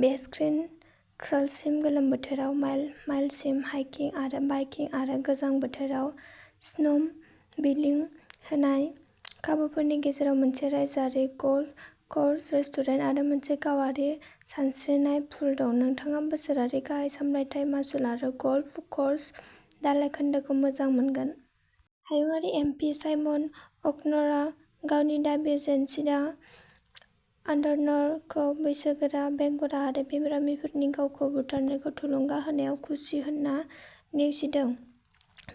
Bearskin ट्रेलसिम-गोलोम बोथोराव mile माइलसिम hiking आरो बाइकिं आरो गोजां बोथोराव स्नोम' बिलिं होनाय। खाबुफोरनि गेजेराव मोनसे रायजोआरि गल्फ कर्स, रेस्टुरेन्ट आरो मोनसे गावारि सानस्रिनाय पुल दं। नोंथाङा बोसोरारि गाहाय सामलायथाय मासुल आरो गल्फ कर्स दालाय खोन्दोखौ मोजां मोनगोन। हायुंआरि एम पि साइमन अ'क'नरआ गावनि दाबि जेसिन्डा आर्डार्नखौ बैसोगोरा, बेंगुरा आरो बेरामिफोरनि गावखौ बुथारनायखौ थुलुंगा होनायाव खुसि होनना नेवसिदों।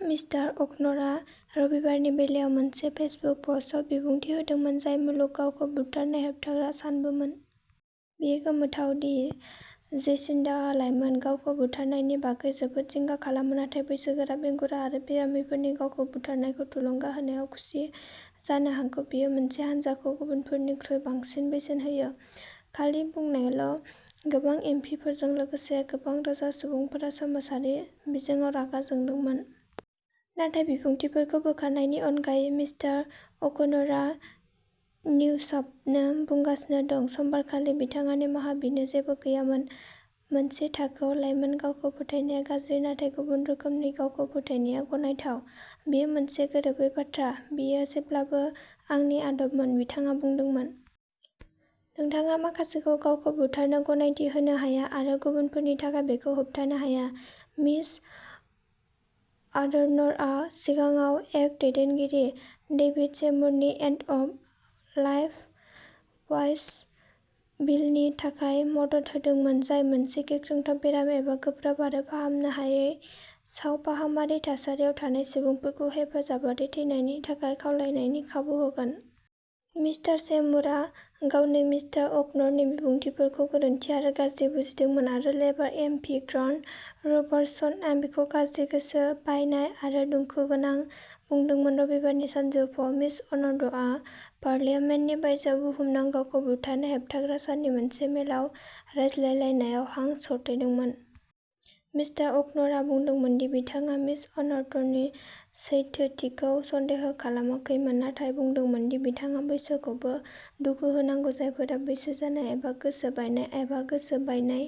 मिस्टार अ'क'नरआ रबिबारनि बेलासियाव मोनसे फेसबुक पस्टआव बिबुंथि होदोंमोन, जाय मुलुग गावखौ बुथारनाय होबथाग्रा सानबोमोन। बेयो गोमोथाव दि जेसिन्डाआ लाइमोन गावखौ बुथारनायनि बागै जोबोद जिंगा खालामो नाथाय बैसोगोरा, बेंगुरा आरो बेरामिफोरनि गावखौ बुथारनायखौ थुलुंगा होनायाव खुसि। जानो हागौ बियो मोनसे हानजाखौ गुबुनफोरनिख्रुइ बांसिन बेसेन होयो। खालि बुंनायल' गोबां एम पि फोरजों लोगोसे गोबां रोजा सुबुंफोरा समाजारि बिजोङाव रागा जोंदोंमोन। नाथाय बिबुंथिफोरखौ बोखारनायनि अनगायै मिस्टार अ'क'नरआ निउशाबनो बुंगासिनो दं। समबारखालि बिथांहा निमाहा बिनो जेबो गैयामोन। मोनसे थाखोआव लाइमोन गावखौ फोथैनाया गाज्रि, नाथाय गुबुन रोखोमनि गावखौ फोथैनाया गनायथाव, बेयो मोनसे गोरोबै बाथ्रा। बेयो जेब्लाबो आंनि आदबमोन, बिथाङा बुंदोंमोन। नोंथाङा माखासेखौ गावखौ बुथारनो गनायथि होनो हाया आरो गुबुनफोरनि थाखाय बेखौ होबथानो हाया। मिस आर्डर्नआ सिगाङाव एक्ट दैदेनगिरि डेभिड सेमुरनि एन्ड अफ लाइफ च्वाइस बिलनि थाखाय मदद होदोंमोन, जाय मोनसे गिख्रंथाव बेराम एबा गोब्राब आरो फाहामनो हायै सावफाहामारि थासारियाव थानाय सुबुंफोरखौ हेफाजाबारि थैनायनि थाखाय खावलायनायनि खाबु होगोन। मिस्टार सेमुरा गावनो मिस्टार अ'कन'रनि बिबुंथिफोरखौ गोरोन्थि आरो गाज्रि बुंदोंमोन, आरो लेबार एम पि ग्रान्ट रबार्टसनआ बेखौ गाज्रि, गोसो बायनाय आरो दुखुगोनां बुंदोंमोन। रबिबारनि सानजौफुआव मिस आर्डर्नआ पार्लियामेन्टनि बायजोआव बुहुमनां गावखौ बुथारनाय होबथाग्रा साननि मोनसे मेलआव रायज्लायनायाव हां सरथेदोंमोन। मिस्टार अ'कन'रना बुंदोंमोन दि बिथाङा मिस आर्डर्ननि सैथोथिखौ सन्देह खालामाखैमोन, नाथाय बुंदोंमोन दि बिथाङा बैसोरखौबो दुखु होनांगौ जायफोरा बैसो जानाय एबा गोसो बायनाय एबा गोसो बायनाय।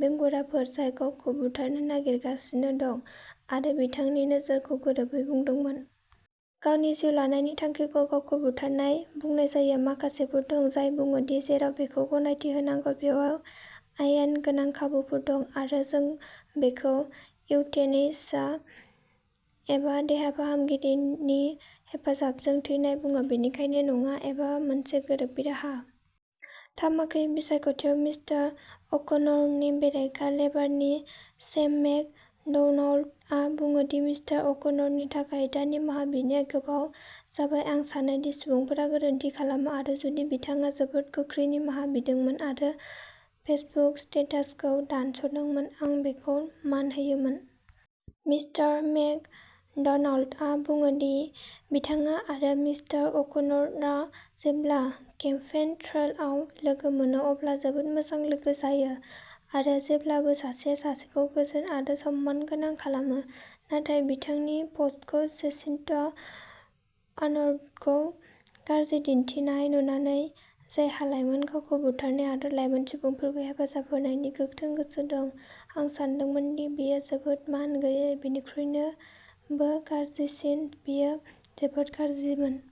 बेंगुराफोर जाय गावखौ बुथारनो नागिरगासिनो दं, आरो बिथांनि नोजोरखौ गोरोबै बुंदोंमोन। गावनि जिउ लानायनि थांखिखौ गावखौ बुथारनाय बुंनाय जायो। माखासेफोर दं जाय बुङो दि जेराव बेखौ गनायथि होनांगौ बेयाव आयेन गोनां खाबुफोर दं, आरो जों बेखौ इउथेनेसिया एबा देहा फाहामगिरिनि हेफाजाबजों थैनाय बुङो। बेनिखायनो नङा, बेयो मोनसे गोरोबै राहा। तामाकी बिसायख'थियाव मिस्टार अ'कन'रनि बेरेखा, लेबारनि सेम मेक ड'नाल्डआ बुङो दि मिस्टार अ'कन'रनि थाखाय दा निमाहा बिनाया गोबाव जाबाय। आं सानो दि सुबुंफोरा गोरोन्थि खालामो, आरो जुदि बिथाङा जोबोद गोख्रै निमाहा बिदोंमोन आरो फेसबुक स्टेटासखौ दानस'दोंमोन, आं बेखौ मान होयोमोन। मिस्टार मेक ड'नाल्डआ बुङो दि बिथाङा आरो मिस्टार अ'कन'रना जेब्ला केम्पेइन ट्रेलआव लोगो मोनो अब्ला जोबोद मोजां लोगो जायो, आरो जेब्लाबो सासेया सासेखौ गोजोन आरो सनमानगोनां खालामो। नाथाय बिथांनि प'स्टखौ जेसिन्डा आर्डार्नखौ गाज्रि दिन्थिनाय नुनानै, जायहा लाइमोन गावखौ बुथारनाय आरो लाइमोन सुबुंफोरखौ हेफाजाब होनायनि गोख्रों गोसो दं, आं सानदोंमोन दि बेयो जोबोद मान गैयै। बेनिख्रुइबो गाज्रिसिन, बेयो जोबोद गाज्रिमोन।